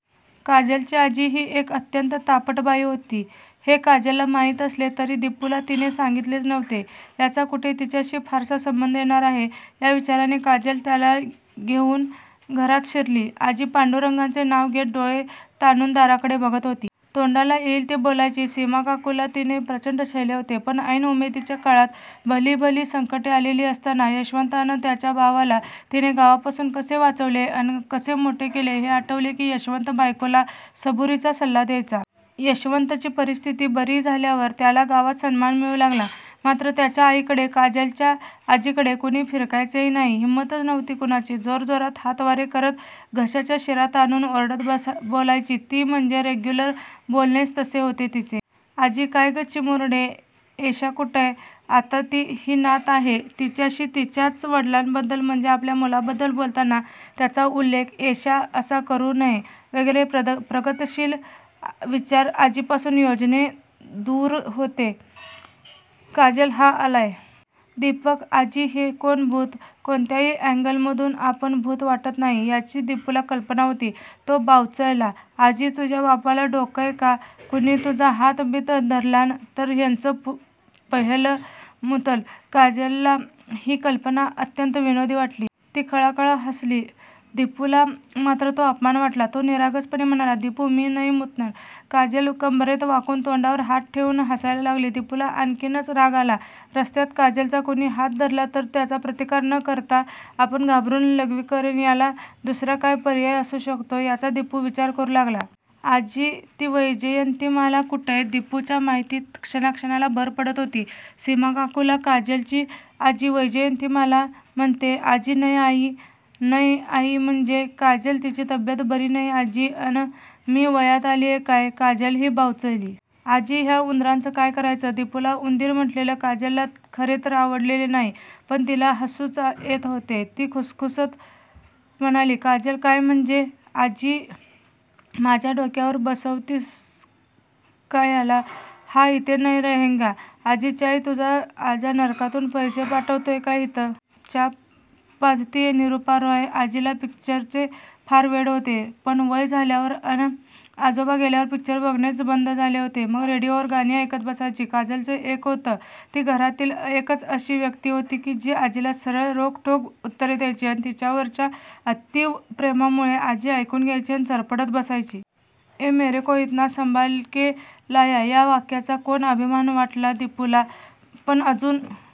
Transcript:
काजलची आजी ही एक अत्यंत तापट बाई होती हे काजलला माहीत असले तरी दिपूला तिने सांगीतलेच नव्हते. 'याचा कुठे तिच्याशी फारसा संबंध येणार आहे' या विचाराने काजल त्याला घेऊन घरात शिरली. आजी पांडुरंगाचे नाव घेत डोळे ताणून दाराकडे बघत होती. तोंडाला येईल ते बोलायची. सीमाकाकूला तिने प्रचंड छळले होते. पण ऐन उमेदीच्या काळात भलीभली संकटे आलेली असताना यशवंत अन त्याच्या भावाला तिने गावापासून कसे वाचवले अन कसे मोठे केले हे आठवले की यशवंत बायकोला सबुरीचा सल्ला द्यायचा. यशवंतची परिस्थिती बरी झाल्यावर त्याला गावात सन्मान मिळू लागला. मात्र त्याच्या आईकडे, काजलच्या आजीकडे कुणी फिरकायचेही नाही. हिम्मतच नव्हती कुणाची. जोरजोरात हातवारे करत घशाच्या शिरा ताणून ओरडत बोलायची ती! म्हणजे, रेग्युलर बोलणेच तसे होते तिचे! आजी काय गं चिमुरडे? येश्या कुठंय? आता ही नात आहे. तिच्याशी तिच्याच वडिलांबद्दल, म्हणजे आपल्या मुलाबद्दल बोलताना त्याचा उल्लेख 'येश्या' असा करू नये वगैरे प्रगतीशील विचार आजीपासून योजने दूर होते. काजल हा आलाय. दीपक आजी ह्यं कोण भूत? कोणत्याही अँगलमधून आपण भूत वाटत नाही याची दिपूला कल्पना होती. तो बावचळला. आजी तुझ्या बापाला डोकंय का? कुनी तुझा हात बित धरलान तर ह्यंच पह्यलं मुतंल, काजलला ही कल्पना अत्यंत विनोदी वाटली. ती खळाखळा हसली. दिपूला मात्र तो अपमान वाटला. तो निरागसपणे म्हणाला: दिपू मी नय मुतणार! काजल कंबरेत वाकून तोंडावर हात ठेवून हसायला लागली. दिपूला आणखीनच राग आला. रस्त्यात काजलचा कुणी हात धरला तर त्याचा प्रतिकार न करता आपण घाबरून लघ्वी करणे याला दुसरा काय पर्याय असू शकतो याचा दिपू विचार करू लागला. आजी ती वैजयंतीमाला कुटंय? दिपूच्या माहितीत क्षणाक्षणाला भर पडत होती. सीमाकाकूला काजलची आजी वैजयंतीमाला म्हणते. आजी नय आयी? नय आयी म्हणजे? काजल तिची तब्येत बरी नय आजी अन मी वयात आलीय काय? काजलही बावचळली. आजी ह्या उंदराचं काय करायचंय? दिपूला उंदीर म्हंटलेले काजलला खरे तर आवडले नाही, पण तिला हसूच येत होते. ती खुसखुसत म्हणाली: काजल काय म्हंजे? आजी माझ्या डोक्यावर बसवतीयस का ह्याला? हा इथे नय रहेंगा, आजी चाय तुझा आजा नरकातून पैसे पाठवतोय काय हितं? चा पाजतीय निरूपा रॉय, आजीला पिक्चरचे फार वेड होते. पण वय झाल्यावर अन आजोबा गेल्यावर पिक्चर बघणेच बंद झाले होते. मग रेडिओवर गाणी ऐकत बसायची. काजलचं एक होतं. ती घरातील एकच अशी व्यक्ती होती की जी आजीला सरळ रोखठोक उत्तरे द्यायची अन तिच्यावरच्या अतीव प्रेमामुळे आजी ऐकून घ्यायची अन चरफडत बसायची. 'ये मेरेको इतना संभालके लाया' या वाक्याचा कोण अभिमान वाटला दिपूला. पण अजून--